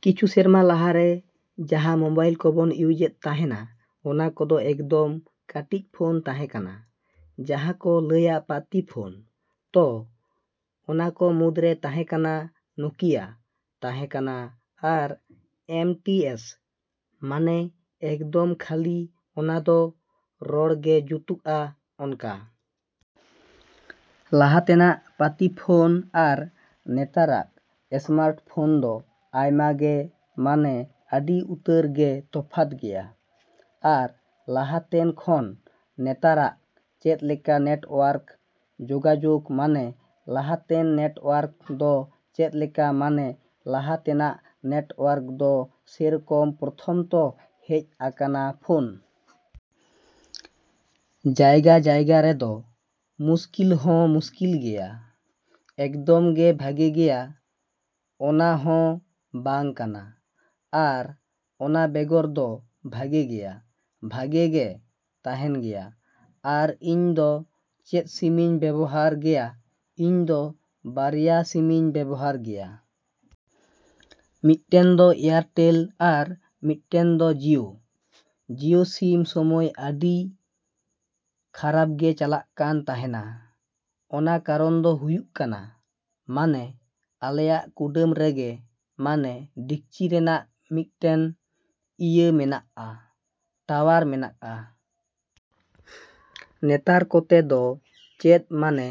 ᱠᱤᱪᱷᱩ ᱥᱮᱨᱢᱟ ᱞᱟᱦᱟᱨᱮ ᱡᱟᱦᱟᱸ ᱢᱚᱵᱟᱭᱤᱞ ᱠᱚᱵᱚᱱ ᱤᱭᱩᱡᱮᱫ ᱛᱟᱦᱮᱱᱟ, ᱚᱱᱟ ᱠᱚᱫᱚ ᱮᱠᱫᱚᱢ ᱠᱟᱹᱴᱤᱡ ᱯᱷᱳᱱ ᱛᱟᱦᱮᱠᱟᱱᱟ, ᱡᱟᱦᱟᱸ ᱠᱚ ᱞᱟᱹᱭᱟ ᱯᱟᱛᱤ ᱯᱷᱳᱱ᱾ ᱛᱚ, ᱚᱱᱟᱠᱚ ᱢᱩᱫ ᱨᱮ ᱛᱟᱦᱮᱸ ᱠᱟᱱᱟ ᱱᱚᱠᱤᱭᱟ ᱛᱟᱦᱮᱠᱟᱱᱟ ᱟᱨ ᱮᱢ ᱴᱤ ᱮᱥ ᱢᱟᱱᱮ ᱮᱠᱫᱚᱢ ᱠᱷᱟᱹᱞᱤ ᱚᱱᱟᱫᱚ ᱨᱚᱲ ᱜᱮ ᱡᱩᱛᱩᱜᱼᱟ ᱚᱱᱠᱟ᱾ ᱞᱟᱦᱟ ᱛᱮᱱᱟᱜ ᱯᱟᱛᱤ ᱯᱷᱳᱱ ᱟᱨ ᱱᱮᱛᱟᱨᱟᱜ ᱥᱢᱟᱨᱴ ᱯᱷᱚᱱ ᱫᱚ ᱟᱭᱢᱟ ᱜᱮ ᱢᱟᱱᱮ ᱟᱹᱰᱤ ᱩᱛᱟᱹᱨ ᱜᱮ ᱛᱚᱯᱷᱟᱛ ᱜᱮᱭᱟ᱾ ᱟᱨ ᱞᱟᱦᱟ ᱛᱮᱱ ᱠᱷᱚᱱ ᱱᱮᱛᱟᱨᱟᱜ ᱪᱮᱫᱞᱮᱠᱟ ᱱᱮᱴᱚᱣᱟᱨᱠ ᱡᱚᱜᱟᱡᱚᱜᱽ ᱢᱟᱱᱮ ᱞᱟᱦᱟᱛᱮᱱ ᱱᱮᱴᱚᱣᱟᱨᱠ ᱫᱚ ᱪᱮᱫᱞᱮᱠᱟ ᱢᱟᱱᱮ ᱞᱟᱦᱟ ᱛᱮᱱᱟᱜ ᱱᱮᱴᱚᱣᱟᱨᱠ ᱫᱚ ᱥᱮᱨᱚᱠᱚᱢ ᱯᱨᱚᱛᱷᱚᱢ ᱛᱚ ᱦᱮᱡ ᱟᱠᱟᱱᱟ ᱯᱷᱳᱱ᱾ ᱡᱟᱭᱜᱟᱼᱡᱟᱭᱜᱟ ᱨᱮᱫᱚ ᱢᱩᱥᱠᱤᱞ ᱦᱚᱸ ᱢᱩᱥᱠᱤᱞ ᱜᱮᱭᱟ᱾ ᱮᱠᱫᱚᱢ ᱜᱮ ᱵᱷᱟᱜᱮ ᱜᱮᱭᱟ, ᱚᱱᱟ ᱦᱚᱸ ᱵᱟᱝ ᱠᱟᱱᱟ᱾ ᱟᱨ ᱚᱱᱟ ᱵᱮᱜᱚᱨ ᱫᱚ ᱵᱷᱟᱜᱮ ᱜᱮᱭᱟ᱾ ᱵᱷᱟᱜᱮ ᱜᱮ ᱛᱟᱦᱮᱱ ᱜᱮᱭᱟ᱾ ᱟᱨ ᱤᱧ ᱫᱚ ᱪᱮᱫ ᱥᱤᱢᱤᱧ ᱵᱮᱵᱚᱦᱟᱨ ᱜᱮᱭᱟ, ᱤᱧ ᱫᱚ ᱵᱟᱨᱭᱟ ᱥᱤᱢᱤᱧ ᱵᱮᱵᱚᱦᱟᱨ ᱜᱮᱭᱟ᱾ ᱢᱤᱫᱴᱮᱱ ᱫᱚ ᱮᱭᱟᱨᱴᱮᱞ ᱟᱨ ᱢᱤᱫᱴᱮᱱ ᱫᱚ ᱡᱤᱭᱳ᱾ ᱡᱤᱭᱳ ᱢᱤᱫ ᱥᱚᱢᱚᱭ ᱟᱹᱰᱤ ᱠᱷᱟᱨᱟᱯ ᱜᱮ ᱪᱟᱞᱟᱜ ᱠᱟᱱ ᱛᱟᱦᱮᱱᱟ ᱚᱱᱟ ᱠᱟᱨᱚᱱ ᱫᱚ ᱦᱩᱭᱩᱜ ᱠᱟᱱᱟ᱾ ᱢᱟᱱᱮ ᱟᱞᱮᱭᱟᱜ ᱠᱩᱰᱟᱹᱢ ᱨᱮᱜᱮ ᱢᱟᱱᱮ ᱰᱤᱠᱪᱤ ᱨᱮᱱᱟᱜ ᱢᱤᱫᱴᱮᱱ ᱤᱭᱟᱹ ᱢᱮᱱᱟᱜᱼᱟ, ᱴᱟᱣᱟᱨ ᱢᱮᱱᱟᱜᱼᱟ᱾ ᱱᱮᱛᱟᱨ ᱠᱚᱛᱮ ᱫᱚ ᱪᱮᱫ ᱢᱟᱱᱮ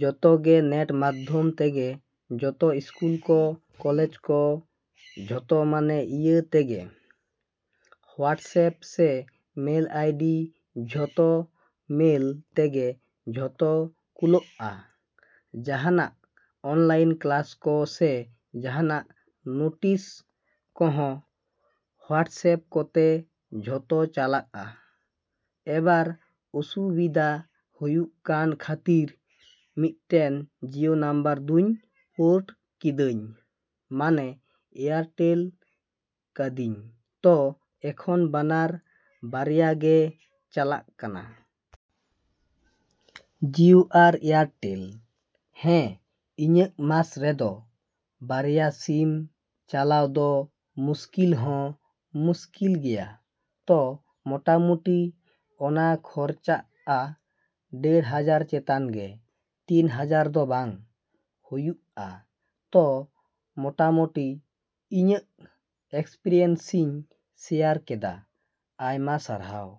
ᱡᱚᱛᱚ ᱜᱮ ᱱᱮᱴ ᱢᱟᱫᱽᱫᱷᱚᱢ ᱛᱮᱜᱮ ᱡᱚᱛᱚ ᱥᱠᱩᱞ ᱠᱚ, ᱠᱚᱞᱮᱡᱽ ᱠᱚ ᱡᱷᱚᱛᱚ ᱢᱟᱱᱮ ᱤᱭᱟᱹ ᱛᱮᱜᱮ, ᱦᱚᱣᱟᱴᱥᱮᱯ ᱥᱮ ᱢᱮᱞ ᱟᱭᱰᱤ ᱡᱷᱚᱛᱚ ᱢᱮᱞ ᱛᱮᱜᱮ ᱡᱷᱚᱛᱚ ᱠᱩᱞᱳᱜᱼᱟ, ᱡᱟᱦᱟᱱᱟᱜ ᱚᱱᱞᱟᱭᱤᱱ ᱠᱞᱟᱥ ᱠᱚ ᱥᱮ ᱡᱟᱦᱟᱱᱟᱜ ᱱᱚᱴᱤᱥ ᱠᱚᱦᱚᱸ ᱦᱚᱣᱟᱴᱥᱮᱯ ᱠᱚᱛᱮ ᱡᱷᱚᱛᱚ ᱪᱟᱞᱟᱜᱼᱟ, ᱮᱵᱟᱨ ᱚᱥᱩᱵᱤᱫᱟ ᱦᱩᱭᱩᱜ ᱠᱟᱱ ᱠᱷᱟᱹᱛᱤᱨ ᱢᱤᱫᱴᱮᱱ ᱡᱤᱭᱳ ᱱᱟᱢᱵᱟᱨ ᱫᱩᱧ ᱯᱳᱨᱴ ᱠᱤᱫᱟᱹᱧ ᱢᱟᱱᱮ ᱮᱭᱟᱨᱴᱮᱞ ᱠᱟᱹᱫᱤᱧ ᱛᱚ, ᱮᱠᱷᱚᱱ ᱵᱟᱱᱟᱨ ᱵᱟᱨᱭᱟ ᱜᱮ ᱪᱟᱞᱟᱜ ᱠᱟᱱᱟ᱾ ᱡᱤᱭᱳ ᱟᱨ ᱮᱭᱟᱨᱴᱮᱞ᱾ ᱦᱮᱸ, ᱤᱧᱟᱹᱜ ᱢᱟᱥ ᱨᱮᱫᱚ ᱵᱟᱨᱭᱟ ᱥᱤᱢ ᱪᱟᱞᱟᱣ ᱫᱚ ᱢᱩᱥᱠᱤᱞ ᱦᱚᱸ ᱢᱩᱥᱠᱤᱞ ᱜᱮᱭᱟ᱾ ᱛᱚ, ᱢᱚᱴᱟᱢᱩᱴᱤ, ᱚᱱᱟ ᱠᱷᱚᱨᱪᱟᱜᱼᱟ ᱰᱮᱲ ᱦᱟᱡᱟᱨ ᱪᱮᱛᱟᱱ ᱜᱮ ᱛᱤᱱ ᱦᱟᱡᱟᱨ ᱫᱚ ᱵᱟᱝ ᱦᱩᱭᱩᱜᱼᱟ᱾ ᱛᱚ, ᱢᱚᱴᱟᱢᱚᱴᱤ ᱤᱧᱟᱹᱜ ᱮᱠᱥᱯᱮᱨᱤᱭᱮᱱᱥᱤᱧ ᱥᱮᱭᱟᱨ ᱠᱮᱫᱟ᱾ ᱟᱭᱢᱟ ᱥᱟᱨᱦᱟᱣ!